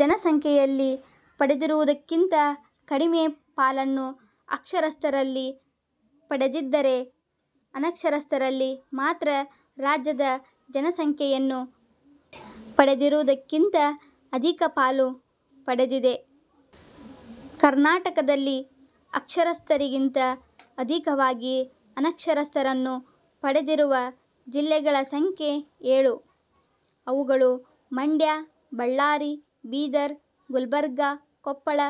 ಜನ ಸಂಖ್ಯೆಯಲ್ಲಿ ಪಡೆದಿರುವುದಕ್ಕಿಂತ ಕಡಿಮೆ ಪಾಲನ್ನು ಅಕ್ಷರಸ್ಥರಲ್ಲಿ ಪಡೆದಿದ್ದರೆ ಅನಕ್ಷರಸ್ಥರಲ್ಲಿ ಮಾತ್ರ ರಾಜ್ಯದ ಜನಸಂಖ್ಯೆಯನ್ನು ಪಡೆದಿರುವುದಕ್ಕಿಂತ ಅಧಿಕ ಪಾಲು ಪಡೆದಿದೆ. ಕರ್ನಾಟಕದಲ್ಲಿ ಅಕ್ಷರಸ್ಥರಿಗಿಂತ ಅಧಿಕವಾಗಿ ಅನಕ್ಷರಸ್ಥರನ್ನು ಪಡೆದಿರುವ ಜಿಲ್ಲೆಗಳ ಸಂಖ್ಯೆ ಏಳು. ಅವುಗಳು ಮಂಡ್ಯ, ಬಳ್ಳಾರಿ, ಬೀದರ, ಗುಲಬರ್ಗ, ಕೊಪ್ಪಳ,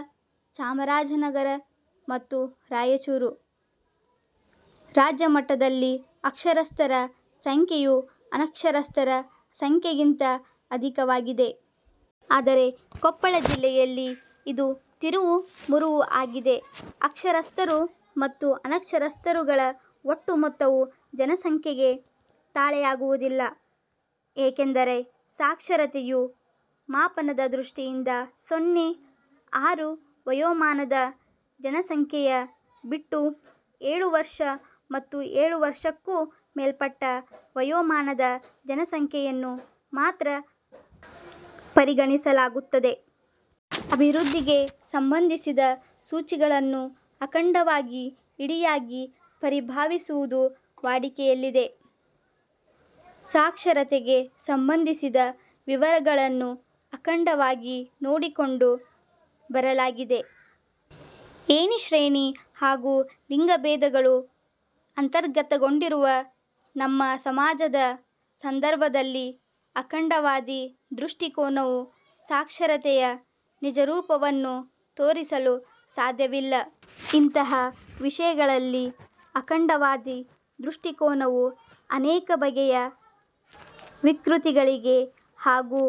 ಚಾಮರಾಜನಗರ ಮತ್ತು ರಾಯಚೂರು. ರಾಜ್ಯಮಟ್ಟದಲ್ಲಿ ಅಕ್ಷರಸ್ಥರ ಸಂಖ್ಯೆಯು ಅನಕ್ಷರಸ್ಥರ ಸಂಖ್ಯೆಗಿಂತ ಅಧಿಕವಾಗಿದೆ. ಆದರೆ ಕೊಪ್ಪಳ ಜಿಲ್ಲೆಯಲ್ಲಿ ಇದು ತಿರುವು ಮುರುವು ಆಗಿದೆ. ಅಕ್ಷರಸ್ಥರು ಮತ್ತು ಅನಕ್ಷರಸ್ಥರುಗಳ ಒಟ್ಟು ಮೊತ್ತವು ಜನಸಂಖ್ಯೆಗೆ ತಾಳೆಯಾಗುವುದಿಲ್ಲ. ಏಕೆಂದರೆ ಸಾಕ್ಷರತೆಯ ಮಾಪನದ ದೃಷ್ಟಿಯಿಂದ ಸೊನ್ನೆ – ಆರು ವಯೋಮಾನದ ಜನಸಂಖ್ಯೆಯ ಬಿಟ್ಟು ಎಳು ವರ್ಷ ಮತ್ತುಎಳು ವರ್ಷಕ್ಕೂ ಮೇಲ್ಪಟ್ಟ ವಯೋಮಾನದ ಜನಸಂಖ್ಯೆಯನ್ನು ಮಾತ್ರ ಪರಿಗಣಿಸಲಾಗುತ್ತದೆ. ಅಭಿವೃದ್ಧಿಗೆ ಸಂಬಂಧಿಸಿದ ಸೂಚಿಗಳನ್ನು ಅಖಂಡವಾಗಿ ಇಡಿಯಾಗಿ ಪರಿಭಾವಿಸುವುದು ವಾಡಿಕೆಯಲ್ಲಿದೆ. ಸಾಕ್ಷರತೆಗೆ ಸಂಬಂಧಿಸಿದ ವಿವರಗಳನ್ನು 'ಅಖಂಡ'ವಾಗಿ ನೋಡಿಕೊಂಡು ಬರಲಾಗಿದೆ. ಏಣಿ ಶ್ರೇಣಿ ಹಾಗೂ ಲಿಂಗಭೇದಗಳು ಅಂತರ್ಗತಗೊಂಡಿರುವ ನಮ್ಮ ಸಮಾಜದ ಸಂದರ್ಭದಲ್ಲಿ ಅಖಂಡವಾದಿ ದೃಷ್ಟಿಕೋನವು ಸಾಕ್ಷರತೆಯ ನಿಜರೂಪವನ್ನು ತೋರಿಸಲು ಸಾಧ್ಯವಿಲ್ಲ. ಇಂತಹ ವಿಷಯಗಳಲ್ಲಿ ಅಖಂಡವಾದಿ ದೃಷ್ಟಿಕೋನವು ಅನೇಕ ಬಗೆಯ ವಿಕೃತಿಗಳಿಗೆ ಹಾಗೂ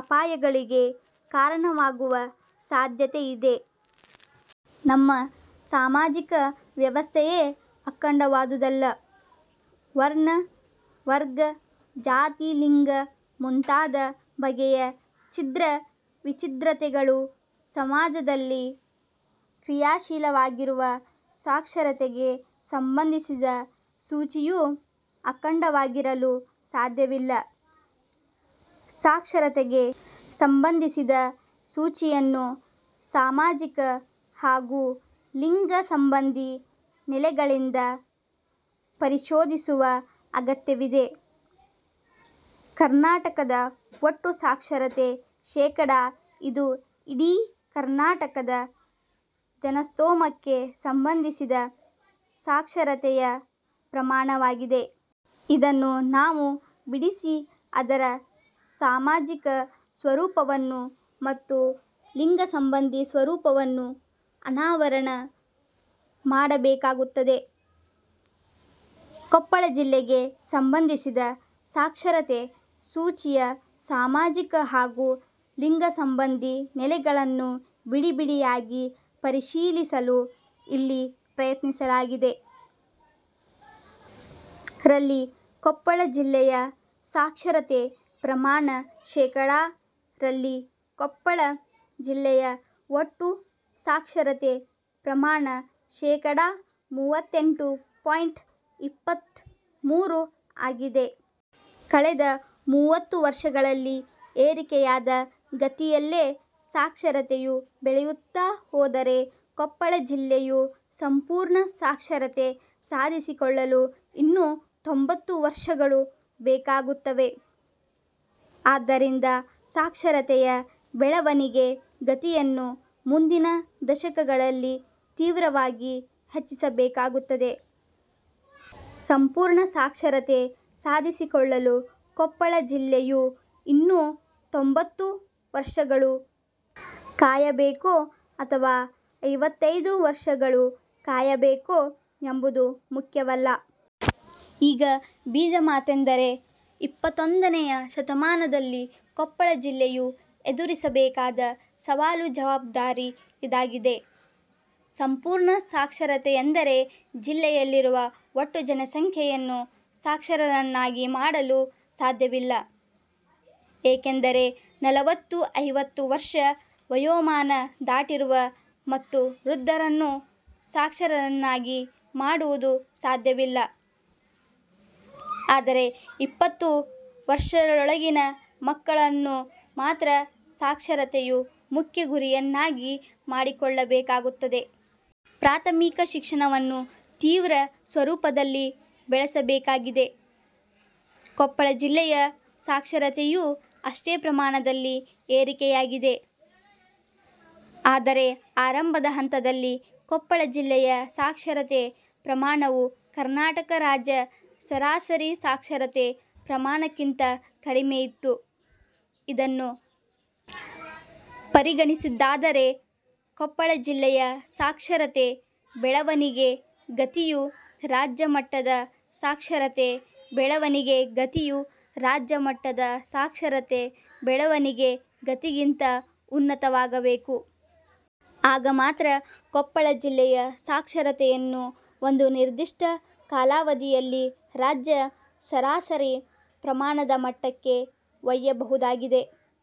ಅಪಾಯಗಳಿಗೆ ಕಾರಣವಾಗುವ ಸಾಧ್ಯತೆ ಇದೆ. ನಮ್ಮ ಸಾಮಾಜಿಕ ವ್ಯವಸ್ಥೆಯೇ ಅಖಂಡವಾದುದಲ್ಲ. ವರ್ಣ, ವರ್ಗ, ಜಾತಿ – ಲಿಂಗ ಮುಂತಾದ ಬಗೆಯ ಛಿದ್ರ ವಿಚ್ಛಿದ್ರತೆಗಳು ಸಮಾಜದಲ್ಲಿ ಕ್ರಿಯಾಶೀಲವಾಗಿರುವ ಸಾಕ್ಷರತೆಗೆ ಸಂಬಂಧಿಸಿದ ಸೂಚಿಯು ಅಖಂಡವಾಗಿರಲು ಸಾಧ್ಯವಿಲ್ಲ. ಸಾಕ್ಷರತೆಗೆ ಸಂಬಂಧಿಸಿದ ಸೂಚಿಯನ್ನು ಸಾಮಾಜಿಕ ಹಾಗೂ ಲಿಂಗ ಸಂಬಂಧಿ ನೆಲೆಗಳಿಂದ ಪರಿಶೋಧಿಸುವ ಅಗತ್ಯವಿದೆ. ಕರ್ನಾಟಕದ ಒಟ್ಟು ಸಾಕ್ಷರತೆ ಶೇಕಡಾ ಇದು ಇಡೀ ಕರ್ನಾಟಕದ ಜನಸ್ತೋಮಕ್ಕೆ ಸಂಬಂಧಿಸಿದ ಸಾಕ್ಷರತೆಯ ಪ್ರಮಾಣವಾಗಿದೆ. ಇದನ್ನು ನಾವು ಬಿಡಿಸಿ ಅದರ ಸಾಮಾಜಿಕ ಸ್ವರೂಪವನ್ನು ಮತ್ತು ಲಿಂಗಸಂಬಂಧಿ ಸ್ವರೂಪವನ್ನು ಅನಾವರಣ ಮಾಡಬೇಕಾಗುತ್ತದೆ. ಕೊಪ್ಪಳ ಜಿಲ್ಲೆಗೆ ಸಂಬಂಧಿಸಿದ ಸಾಕ್ಷರತೆ ಸೂಚಿಯ ಸಾಮಾಜಿಕ ಹಾಗೂ ಲಿಂಗಸಂಬಂಧಿ ನೆಲೆಗಳನ್ನು ಬಿಡಿಬಿಡಿಯಾಗಿ ಪರಿಶೀಲಿಸಲು ಇಲ್ಲಿ ಪ್ರಯತ್ನಿಸಲಾಗಿದೆ. ರಲ್ಲಿ ಕೊಪ್ಪಳ ಜಿಲ್ಲೆಯ ಸಾಕ್ಷರತೆ ಪ್ರಮಾಣ ಶೇಕಡಾ ರಲ್ಲಿ ಕೊಪ್ಪಳ ಜಿಲ್ಲೆಯ ಒಟ್ಟು ಸಾಕ್ಷರತೆ ಪ್ರಮಾಣ ಶೇಕಡಾ ಮೂವತ್ತೆಂಟು ಪಾಯಿಂಟ್ ಇಪ್ಪತ್ತ ಮೂರು ಆಗಿದೆ. ಕಳೆದ ಮೂವತ್ತು ವರ್ಷಗಳಲ್ಲಿ ಏರಿಕೆಯಾದ ಗತಿಯಲ್ಲೇ ಸಾಕ್ಷರತೆಯು ಬೆಳೆಯುತ್ತಾ ಹೋದರೆ ಕೊಪ್ಪಳ ಜಿಲ್ಲೆಯು ಸಂಪೂರ್ಣ ಸಾಕ್ಷರತೆ ಸಾಧಿಸಿಕೊಳ್ಳಲು ಇನ್ನು ತೊಂಭತ್ತು ವರ್ಷಗಳು ಬೇಕಾಗುತ್ತವೆ. ಆದ್ದರಿಂದ ಸಾಕ್ಷರತೆಯ ಬೆಳವಣಿಗೆ ಗತಿಯನ್ನು ಮುಂದಿನ ದಶಕಗಳಲ್ಲಿ ತೀವ್ರವಾಗಿ ಹೆಚ್ಚಿಸಬೇಕಾಗುತ್ತದೆ. ಸಂಪೂರ್ಣ ಸಾಕ್ಷರತೆ ಸಾಧಿಸಿಕೊಳ್ಳಲು ಕೊಪ್ಪಳ ಜಿಲ್ಲೆಯು ಇನ್ನು ತೊಂಭತ್ತು ವರ್ಷಗಳು ಕಾಯಬೇಕೊ ಅಥವಾ ಐವತ್ತೈದು ವರ್ಷಗಳು ಕಾಯಬೇಕೊ ಎಂಬುದು ಮುಖ್ಯವಲ್ಲ. ಈಗ ಬೀಜ ಮಾತೆಂದರೆ ಇಪ್ಪತ್ತೊಂದನೆಯ ಶತಮಾನದಲ್ಲಿ ಕೊಪ್ಪಳ ಜಿಲ್ಲೆಯು ಎದುರಿಸಬೇಕಾದ ಸವಾಲು ಜವಾಬ್ದಾರಿ ಇದಾಗಿದೆ. ಸಂಪೂರ್ಣ ಸಾಕ್ಷರತೆಯೆಂದರೆ ಜಿಲ್ಲೆಯಲ್ಲಿರುವ ಒಟ್ಟು ಜನಸಂಖ್ಯೆಯನ್ನು ಸಾಕ್ಷರರನ್ನಾಗಿ ಮಾಡಲು ಸಾಧ್ಯವಿಲ್ಲ. ಏಕೆಂದರೆ ನಲವತ್ತು – ಐವತ್ತು ವರ್ಷ ವಯೋಮಾನ ದಾಟಿರುವ ಮತ್ತು ವೃದ್ಧರನ್ನು ಸಾಕ್ಷರರನ್ನಾಗಿ ಮಾಡುವುದು ಸಾಧ್ಯವಿಲ್ಲ. ಆದರೆ ಇಪ್ಪತ್ತು ವರ್ಷಗಳೊಳಗಿನ ಮಕ್ಕಳನ್ನು ಮಾತ್ರ ಸಾಕ್ಷರತೆಯು ಮುಖ್ಯ ಗುರಿಯನ್ನಾಗಿ ಮಾಡಿಕೊಳ್ಳಬೇಕಾಗುತ್ತದೆ. ಪ್ರಾಥಮಿಕ ಶಿಕ್ಷಣವನ್ನು ತೀವ್ರ ಸ್ವರೂಪದಲ್ಲಿ ಬೆಳೆಸಬೇಕಾಗಿದೆ. ಕೊಪ್ಪಳ ಜಿಲ್ಲೆಯ ಸಾಕ್ಷರತೆಯೂ ಅಷ್ಟೆ ಪ್ರಮಾಣದಲ್ಲಿ ಏರಿಕೆಯಾಗಿದೆ. ಆದರೆ ಆರಂಭದ ಹಂತದಲ್ಲಿ ಕೊಪ್ಪಳ ಜಿಲ್ಲೆಯ ಸಾಕ್ಷರತೆ ಪ್ರಮಾಣವು ಕರ್ನಾಟಕ ರಾಜ್ಯ ಸರಾಸರಿ ಸಾಕ್ಷರತೆ ಪ್ರಮಾಣಕ್ಕಿಂತ ಕಡಿಮೆ ಇತ್ತು. ಇದನ್ನು ಪರಿಗಣಿಸಿದ್ದಾದರೆ ಕೊಪ್ಪಳ ಜಿಲ್ಲೆಯ ಸಾಕ್ಷರತೆ ಬೆಳವಣಿಗೆ ಗತಿಯು ರಾಜ್ಯ ಮಟ್ಟದ ಸಾಕ್ಷರತೆ ಬೆಳವಣಿಗೆ ಗತಿಯು ರಾಜ್ಯ ಮಟ್ಟದ ಸಾಕ್ಷರತೆ ಬೆಳವಣಿಗೆ ಗತಿಗಿಂತ ಉನ್ನತವಾಗಬೇಕು. ಆಗ ಮಾತ್ರ ಕೊಪ್ಪಳ ಜಿಲ್ಲೆಯ ಸಾಕ್ಷರತೆಯನ್ನು ಒಂದು ನಿರ್ದಿಷ್ಟ ಕಾಲಾವಧಿಯಲ್ಲಿ ರಾಜ್ಯ ಸರಾಸರಿ ಪ್ರಮಾಣದ ಮಟ್ಟಕ್ಕೆ ಒಯ್ಯಬಹುದಾಗಿದೆ.